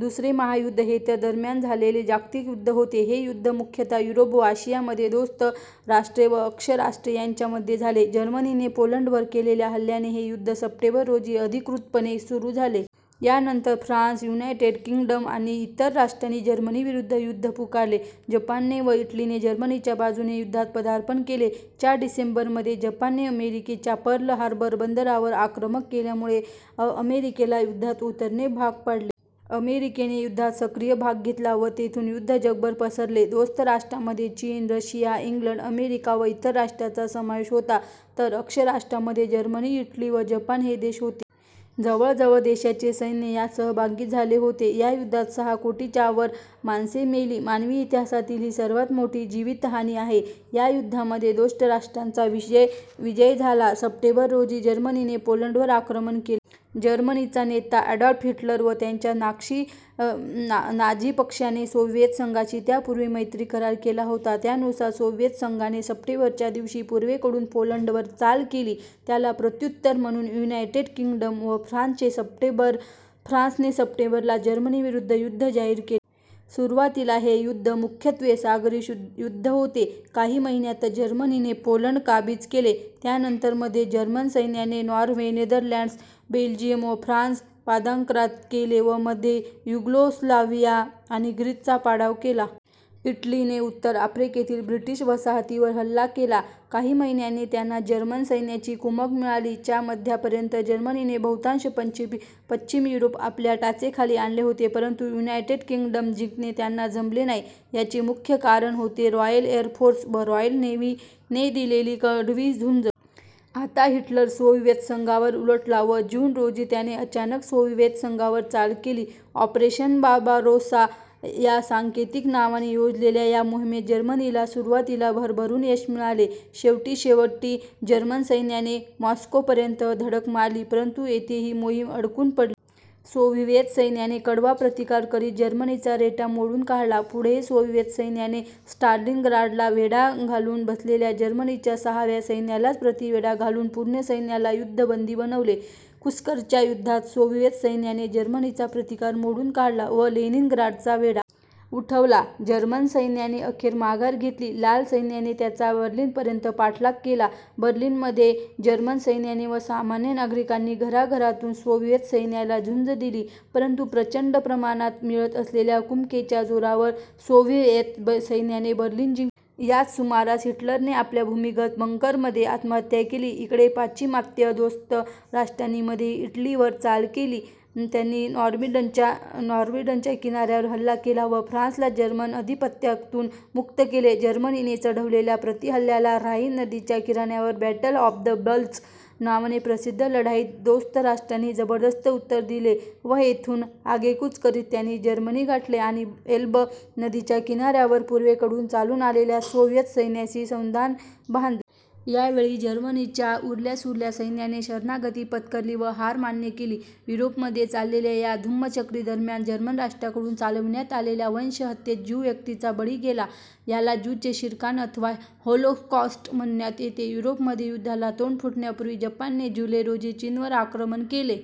दुसरे महायुद्ध हे त्या दरम्यान झालेले जागतिक युद्ध होते. हे युद्ध मुख्यतः युरोप व आशियामध्ये दोस्त राष्ट्रे व अक्ष राष्ट्रे यांच्या मध्ये झाले. जर्मनीने पोलंडवर केलेल्या हल्ल्याने हे युद्ध सप्टेंबर रोजी अधिकृतपणे सुरू झाले. यानंतर फ्रान्स, युनायटेड किंग्डम आणि इतर राष्ट्रांनी जर्मनी विरुद्ध युद्ध पुकारले. जपानने व इटलीने जर्मनीच्या बाजूने युद्धात पदार्पण केले. च्या डिसेंबरमध्ये जपानने अमेरिकेच्या पर्ल हार्बर बंदरावर आक्रमण केल्यामुळे अमेरिकेला युद्धात उतरणे भाग पाडले. अमेरिकेने युद्धात सक्रिय भाग घेतला व तेथून युद्ध जगभर पसरले. दोस्त राष्ट्रांमध्ये चीन, रशिया, इंग्लंड, अमेरिका व इतर राष्ट्रांचा समावेश होता, तर अक्ष राष्ट्रांमध्ये जर्मनी, इटली व जपान हे देश होते. जवळ जवळ देशांचे सैन्य यात सहभागी झाले होते. या युद्धात सहा कोटींच्यावर माणसे मेली. मानवी इतिहासातील ही सर्वांत मोठी जीवितहानी आहे. या युद्धामध्ये दोस्त राष्ट्रांचा विजय झाला. सप्टेंबर, रोजी जर्मनीने पोलंडवर आक्रमण केले. जर्मनीचा नेता ॲडॉल्फ हिटलर व त्याच्या नाझी पक्षाने सोव्हिएत संघाशी त्यापूर्वी मैत्री-करार केला होता. त्यानुसार सोव्हिएत संघाने सप्टेंबर च्या दिवशी पूर्वेकडून पोलंडवर चाल केली. याला प्रत्युत्तर म्हणून युनायटेड किंग्डम व फ्रान्सने सप्टेंबर ला जर्मनीविरुद्ध युद्ध जाहीर केले. सुरुवातीला हे युद्ध मुख्यत्वे सागरी युद्ध होते. काही महिन्यातच जर्मनीने पोलंड काबीज केले. त्यानंतर मध्ये जर्मन सैन्याने नॉर्वे, नेदरलँड्स, बेल्जियम व फ्रान्स पादाक्रांत केले व मध्ये युगोस्लाव्हिया आणि ग्रीसचा पाडाव केला. इटलीने उत्तर आफ्रिकेतील ब्रिटिश वसाहतींवर हल्ला केला. काही महिन्यांनी त्यांना जर्मन सैन्याची कुमक मिळाली. च्या मध्यापर्यंत जर्मनीने बहुतांश पश्चिम युरोप आपल्या टाचेखाली आणले होते परंतु युनायटेड किंग्डम जिंकणे त्यांना जमले नाही. याचे मुख्य कारण होते रॉयल एर फोर्स व रॉयल नेव्हीने दिलेली कडवी झुंज. आता हिटलर सोव्हिएत संघावर उलटला व जून, रोजी त्याने अचानक सोव्हिएत संघावर चाल केली. ऑपरेशन बार्बारोसा या सांकेतिक नावाने योजलेल्या या मोहिमेत जर्मनीला सुरुवातीला भरभरून यश मिळाले. शेवटीशेवटी जर्मन सैन्याने मॉस्कोपर्यंत धडक मारली परंतु येथे ही मोहीम अडकून पडली. सोव्हिएत सैन्याने कडवा प्रतिकार करीत जर्मनीचा रेटा मोडून काढला. पुढे सोव्हिएत सैन्याने स्टालिनग्राडला वेढा घालून बसलेल्या जर्मनीच्या सहाव्या सैन्यालाच प्रतिवेढा घालुन पूर्ण सैन्याला युद्धबंदी बनवले. कुर्स्कच्या युद्धात सोव्हिएत सैन्याने जर्मनीचा प्रतिकार मोडून काढला व लेनिनग्राडचा वेढा. उठवला. जर्मन सैन्याने अखेर माघार घेतली. लाल सैन्याने त्यांचा बर्लिनपर्यंत पाठलाग केला. बर्लिनमध्ये जर्मन सैन्याने व सामान्य नागरिकांनी घराघरातून सोव्हिएत सैन्याला झुंज दिली परंतु प्रचंड प्रमाणात मिळत असलेल्या कुमकेच्या जोरावर सोव्हिएत सैन्याने बर्लिन जिंकले. याच सुमारास हिटलरने आपल्या भूमिगत बंकरमध्ये आत्महत्त्या केली. इकडे पाश्चिमात्य दोस्त राष्ट्रांनी मध्ये इटलीवर चाल केली. मध्ये त्यांनी नॉर्मंडीच्या किनाऱ्यावर हल्ला केला व फ्रान्सला जर्मन आधिपत्यातून मुक्त केले. जर्मनीने चढवलेल्या प्रतिहल्ल्याला ऱ्हाईन नदीच्या किनाऱ्यावर बॅटल ऑफ द बल्ज नावाने प्रसिद्ध लढाईत दोस्त राष्ट्रांनी जबरदस्त उत्तर दिले व येथून आगेकूच करित त्यांनी जर्मनी गाठले आणि एल्ब नदीच्या किनाऱ्यावर पूर्वेकडून चालून आलेल्या सोव्हिएत सैन्याशी संधान बांधले. यावेळी जर्मनीच्या उरल्यासुरल्या सैन्याने शरणागती पत्करली व हार मान्य केली. युरोपमध्ये चाललेल्या या धुमश्चक्री दरम्यान जर्मन राष्ट्राकडून चालविण्यात आलेल्या वंश हत्येत ज्यू व्यक्तींचा बळी गेला. याला ज्यूंचे शिरकाण अथवा होलोकॉस्ट म्हणण्यात येते. युरोपमध्ये युद्धाला तोंड फुटण्यापूर्वी जपानने जुलै, रोजी चीनवर आक्रमण केले.